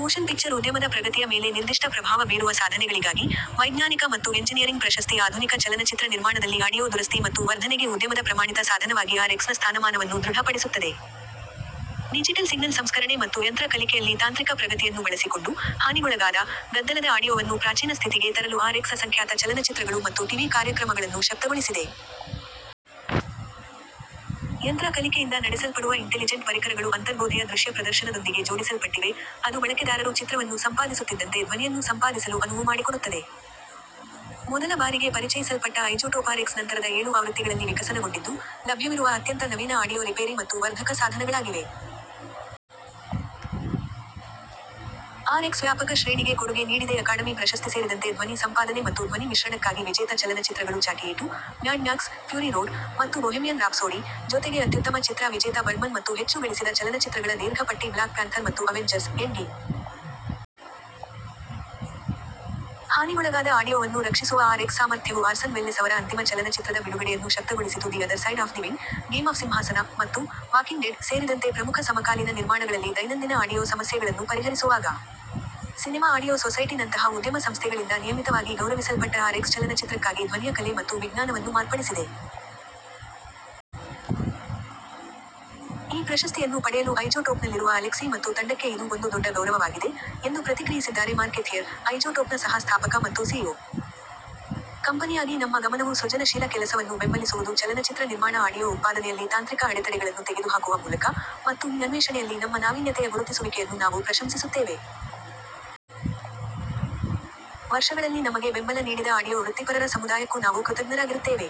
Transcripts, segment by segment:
Motion picture ಉದ್ಯಮದ ಪ್ರಗತಿಯ ಮೇಲೆ ನಿರ್ದಿಷ್ಟ ಪ್ರಭಾವ ಬೀರುವ ಸಾಧನೆಗಳಿಗಾಗಿ, ವೈಜ್ಞಾನಿಕ ಮತ್ತು ಎಂಜಿನಿಯರಿಂಗ್ ಪ್ರಶಸ್ತಿ ಆಧುನಿಕ ಚಲನಚಿತ್ರ ನಿರ್ಮಾಣದಲ್ಲಿ ಆಡಿಯೊ ದುರಸ್ತಿ ಮತ್ತು ವರ್ಧನೆಗೆ ಉದ್ಯಮದ ಪ್ರಮಾಣಿತ ಸಾಧನವಾಗಿ ಆರ್ ಎಕ್ಸ್ನ ಸ್ಥಾನಮಾನವನ್ನು ದೃಢ ಪಡಿಸುತ್ತದೆ. ಡಿಜಿಟಲ್ ಸಿಗ್ನಲ್ ಸಂಸ್ಕರಣೆ ಮತ್ತು ಯಂತ್ರ ಕಲಿಕೆಯಲ್ಲಿ ತಾಂತ್ರಿಕ ಪ್ರಗತಿಯನ್ನು ಬಳಸಿಕೊಂಡು, ಹಾನಿಗೊಳಗಾದ, ಗದ್ದಲದ ಆಡಿಯೊವನ್ನು ಪ್ರಾಚೀನ ಸ್ಥಿತಿಗೆ ತರಲು ಆರ್ಎಕ್ಸ್ ಅಸಂಖ್ಯಾತ ಚಲನಚಿತ್ರಗಳು ಮತ್ತು ಟಿವಿ ಕಾರ್ಯಕ್ರಮಗಳನ್ನು ಶಕ್ತಗೊಳಿಸಿದೆ. ಯಂತ್ರ ಕಲಿಕೆಯಿಂದ ನಡೆಸಲ್ಪಡುವ ಇಂಟೆಲಿಜೆಂಟ್ ಪರಿಕರಗಳು ಅಂತರ್ಬೋಧೆಯ ದೃಶ್ಯ ಪ್ರದರ್ಶನದೊಂದಿಗೆ ಜೋಡಿಸಲ್ಪಟ್ಟಿವೆ, ಅದು ಬಳಕೆದಾರರು ಚಿತ್ರವನ್ನು ಸಂಪಾದಿಸುತ್ತಿದ್ದಂತೆ ಧ್ವನಿಯನ್ನು ಸಂಪಾದಿಸಲು ಅನುವು ಮಾಡಿಕೊಡುತ್ತದೆ. ಮೊದಲ ಬಾರಿಗೆ ಪರಿಚಯಿಸಲ್ಪಟ್ಟ ಐಜೋಟೋಪ್ ಆರ್ ಎಕ್ಸ್ ನಂತರದ ಏಳು ಆವೃತ್ತಿಗಳಲ್ಲಿ ವಿಕಸನಗೊಂಡಿದ್ದು, ಲಭ್ಯವಿರುವ ಅತ್ಯಂತ ನವೀನ ಆಡಿಯೊ ರಿಪೇರಿ ಮತ್ತು ವರ್ಧಕ ಸಾಧನಗಳಾಗಿವೆ. ಆರ್ ಎಕ್ಸ್ ವ್ಯಾಪಕ ಶ್ರೇಣಿಗೆ ಕೊಡುಗೆ ನೀಡಿದೆ ಅಕಾಡಮಿ ಪ್ರಶಸ್ತಿಸೇರಿದಂತೆ ಧ್ವನಿ ಸಂಪಾದನೆ ಮತ್ತು ಧ್ವನಿ ಮಿಶ್ರಣಕ್ಕಾಗಿ ವಿಜೇತ ಚಲನಚಿತ್ರಗಳು ಚಾಟಿಯೇಟು, ಮ್ಯಾಡ್ ಮ್ಯಾಕ್ಸ್: ಫ್ಯೂರಿ ರೋಡ್, ಮತ್ತು ಬೊಹೆಮಿಯನ್ ರಾಪ್ಸೋಡಿ, ಜೊತೆಗೆ ಅತ್ಯುತ್ತಮ ಚಿತ್ರ ವಿಜೇತ ಬರ್ಡ್ಮನ್ ಮತ್ತು ಹೆಚ್ಚು ಗಳಿಸಿದ ಚಲನಚಿತ್ರಗಳ ದೀರ್ಘ ಪಟ್ಟಿ ಬ್ಲಾಕ್ ಪ್ಯಾಂಥರ್ ಮತ್ತು ಅವೆಂಜರ್ಸ್: ಎಂಡ್ಗೇಮ್. ಹಾನಿಗೊಳಗಾದ ಆಡಿಯೊವನ್ನು ರಕ್ಷಿಸುವ ಆರ್ಎಕ್ಸ್ ಸಾಮರ್ಥ್ಯವು ಆರ್ಸನ್ ವೆಲ್ಲೆಸ್ ಅವರ ಅಂತಿಮ ಚಲನಚಿತ್ರದ ಬಿಡುಗಡೆಯನ್ನು ಶಕ್ತಗೊಳಿಸಿತು The Other Side of the Wind "Game of ಸಿಂಹಾಸನ" ಮತ್ತು "ವಾಕಿಂಗ್ ಡೆಡ್" ಸೇರಿದಂತೆ ಪ್ರಮುಖ ಸಮಕಾಲೀನ ನಿರ್ಮಾಣಗಳಲ್ಲಿ ದೈನಂದಿನ ಆಡಿಯೊ ಸಮಸ್ಯೆಗಳನ್ನು ಪರಿಹರಿಸುವಾಗ. ಸಿನೆಮಾ ಆಡಿಯೊ ಸೊಸೈಟಿ ನಂತಹ ಉದ್ಯಮ ಸಂಸ್ಥೆಗಳಿಂದ ನಿಯಮಿತವಾಗಿ ಗೌರವಿಸಲ್ಪಟ್ಟ ಆರ್ಎಕ್ಸ್ ಚಲನಚಿತ್ರಕ್ಕಾಗಿ ಧ್ವನಿಯ ಕಲೆ ಮತ್ತು ವಿಜ್ಞಾನವನ್ನು ಮಾರ್ಪಡಿಸಿದೆ. "ಈ ಪ್ರಶಸ್ತಿಯನ್ನು ಪಡೆಯಲು ಐಜೋಟೋಪ್ನಲ್ಲಿರುವ ಅಲೆಕ್ಸಿ ಮತ್ತು ತಂಡಕ್ಕೆ ಇದು ಒಂದು ದೊಡ್ಡ ಗೌರವವಾಗಿದೆ" ಎಂದು ಪ್ರತಿಕ್ರಿಯಿಸಿದ್ದಾರೆ ಮಾರ್ಕ್ ಎಥಿಯರ್, ಐಜೋಟೋಪ್ನ ಸಹ-ಸ್ಥಾಪಕ ಮತ್ತು ಸಿಇಒ. "ಕಂಪನಿಯಾಗಿ ನಮ್ಮ ಗಮನವು ಸೃಜನಶೀಲ ಕೆಲಸವನ್ನು ಬೆಂಬಲಿಸುವುದು ಚಲನಚಿತ್ರ ನಿರ್ಮಾಣ ಆಡಿಯೊ ಉತ್ಪಾದನೆಯಲ್ಲಿ ತಾಂತ್ರಿಕ ಅಡೆತಡೆಗಳನ್ನು ತೆಗೆದುಹಾಕುವ ಮೂಲಕ, ಮತ್ತು ಈ ಅನ್ವೇಷಣೆಯಲ್ಲಿ ನಮ್ಮ ನಾವೀನ್ಯತೆಯ ಗುರುತಿಸುವಿಕೆಯನ್ನು ನಾವು ಪ್ರಶಂಸಿಸುತ್ತೇವೆ. ವರ್ಷಗಳಲ್ಲಿ ನಮಗೆ ಬೆಂಬಲ ನೀಡಿದ ಆಡಿಯೊ ವೃತ್ತಿಪರರ ಸಮುದಾಯಕ್ಕೂ ನಾವು ಕೃತಜ್ಞರಾಗಿರುತ್ತೇವೆ.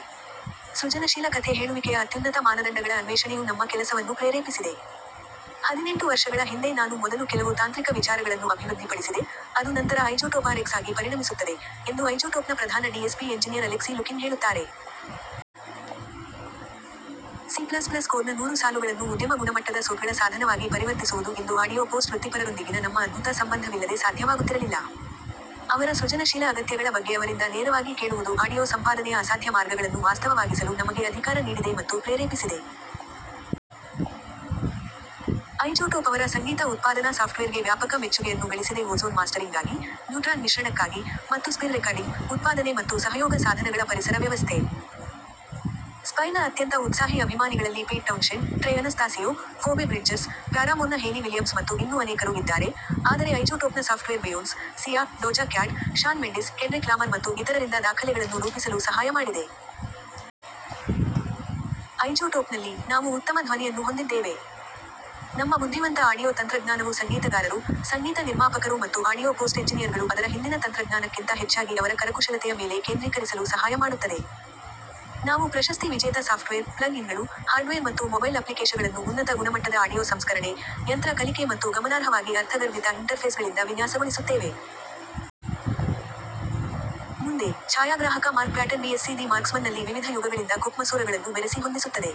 ಸೃಜನಶೀಲ ಕಥೆ ಹೇಳುವಿಕೆಯ ಅತ್ಯುನ್ನತ ಮಾನದಂಡಗಳ ಅನ್ವೇಷಣೆಯು ನಮ್ಮ ಕೆಲಸವನ್ನು ಪ್ರೇರೇಪಿಸಿದೆ. " ಹದಿನೆಂಟು ವರ್ಷಗಳ ಹಿಂದೆ ನಾನು ಮೊದಲು ಕೆಲವು ತಾಂತ್ರಿಕ ವಿಚಾರಗಳನ್ನು ಅಭಿವೃದ್ಧಿಪಡಿಸಿದೆ, ಅದು ನಂತರ ಐಜೋಟೋಪ್ ಆರ್ ಎಕ್ಸ್ ಆಗಿ ಪರಿಣಮಿಸುತ್ತದೆ" ಎಂದು ಐಜೋಟೋಪ್ನ ಪ್ರಧಾನ ಡಿಎಸ್ಪಿ ಎಂಜಿನಿಯರ್ ಅಲೆಕ್ಸಿ ಲುಕಿನ್ ಹೇಳುತ್ತಾರೆ. "ಸಿ ಪ್ಲಸ್ ಪ್ಲಸ್ ಕೋಡ್ನ ನೂರು ಸಾಲುಗಳನ್ನು ಉದ್ಯಮ-ಗುಣಮಟ್ಟದ ಸೂಟ್ಗಳ ಸಾಧನವಾಗಿ ಪರಿವರ್ತಿಸುವುದು ಇಂದು ಆಡಿಯೊ ಪೋಸ್ಟ್ ವೃತ್ತಿಪರರೊಂದಿಗಿನ ನಮ್ಮ ಅದ್ಭುತ ಸಂಬಂಧವಿಲ್ಲದೆ ಸಾಧ್ಯವಾಗುತ್ತಿರಲಿಲ್ಲ. ಅವರ ಸೃಜನಶೀಲ ಅಗತ್ಯಗಳ ಬಗ್ಗೆ ಅವರಿಂದ ನೇರವಾಗಿ ಕೇಳುವುದು ಆಡಿಯೊ ಸಂಪಾದನೆಯ ಅಸಾಧ್ಯ ಮಾರ್ಗಗಳನ್ನು ವಾಸ್ತವವಾಗಿಸಲು ನಮಗೆ ಅಧಿಕಾರ ನೀಡಿದೆ ಮತ್ತು ಪ್ರೇರೇಪಿಸಿದೆ. " ಐಜೋಟೋಪ್ ಅವರ ಸಂಗೀತ ಉತ್ಪಾದನಾ ಸಾಫ್ಟ್ವೇರ್ಗೆ ವ್ಯಾಪಕ ಮೆಚ್ಚುಗೆಯನ್ನು ಗಳಿಸಿದೆ ಓಝೋನ್ ಮಾಸ್ಟರಿಂಗ್ಗಾಗಿ, ನ್ಯೂಟ್ರಾನ್ ಮಿಶ್ರಣಕ್ಕಾಗಿ, ಮತ್ತು ಸ್ಪಿರ್ ರೆಕಾರ್ಡಿಂಗ್, ಉತ್ಪಾದನೆ ಮತ್ತು ಸಹಯೋಗ ಸಾಧನಗಳ ಪರಿಸರ ವ್ಯವಸ್ಥೆ. ಸ್ಪೈರ್ನ ಅತ್ಯಂತ ಉತ್ಸಾಹಿ ಅಭಿಮಾನಿಗಳಲ್ಲಿ Pete Townshend, Trey Anastasio, Phoebe Bridgers, ಪ್ಯಾರಾಮೋರ್ನ ಹೇಯ್ಲಿ ವಿಲಿಯಮ್ಸ್ ಮತ್ತು ಇನ್ನೂ ಅನೇಕರು ಇದ್ದಾರೆ, ಆದರೆ ಐಜೋಟೋಪ್ನ software Beyonce, Sia, Doja Cat, Shawn Mendes, Kendrick Lamar ಮತ್ತು ಇತರರಿಂದ ದಾಖಲೆಗಳನ್ನು ರೂಪಿಸಲು ಸಹಾಯ ಮಾಡಿದೆ. ಐಜೋಟೋಪ್ನಲ್ಲಿ, ನಾವು ಉತ್ತಮ ಧ್ವನಿಯನ್ನು ಹೊಂದಿದ್ದೇವೆ. ನಮ್ಮ ಬುದ್ಧಿವಂತ ಆಡಿಯೊ ತಂತ್ರಜ್ಞಾನವು ಸಂಗೀತಗಾರರು, ಸಂಗೀತ ನಿರ್ಮಾಪಕರು ಮತ್ತು ಆಡಿಯೊ ಪೋಸ್ಟ್ ಎಂಜಿನಿಯರ್ಗಳು ಅದರ ಹಿಂದಿನ ತಂತ್ರಜ್ಞಾನಕ್ಕಿಂತ ಹೆಚ್ಚಾಗಿ ಅವರ ಕರಕುಶಲತೆಯ ಮೇಲೆ ಕೇಂದ್ರೀಕರಿಸಲು ಸಹಾಯ ಮಾಡುತ್ತದೆ. ನಾವು ಪ್ರಶಸ್ತಿ ವಿಜೇತ ಸಾಫ್ಟ್ವೇರ್, ಪ್ಲಗ್-ಇನ್ಗಳು, ಹಾರ್ಡ್ವೇರ್ ಮತ್ತು ಮೊಬೈಲ್ ಅಪ್ಲಿಕೇಶನ್ಗಳನ್ನು ಉನ್ನತ ಗುಣಮಟ್ಟದ ಆಡಿಯೊ ಸಂಸ್ಕರಣೆ, ಯಂತ್ರ ಕಲಿಕೆ ಮತ್ತು ಗಮನಾರ್ಹವಾಗಿ ಅರ್ಥಗರ್ಭಿತ ಇಂಟರ್ಫೇಸ್ಗಳಿಂದ ವಿನ್ಯಾಸಗೊಳಿಸುತ್ತೇವೆ. ಮುಂದೆ: ಛಾಯಾಗ್ರಾಹಕ ಮಾರ್ಕ್ ಪ್ಯಾಟನ್ ಬಿಎಸ್ಸಿ ದಿ ಮಾರ್ಕ್ಸ್ಮನ್ನಲ್ಲಿ ವಿವಿಧ ಯುಗಗಳಿಂದ ಕುಕ್ ಮಸೂರಗಳನ್ನು ಬೆರೆಸಿ ಹೊಂದಿಸುತ್ತದೆ.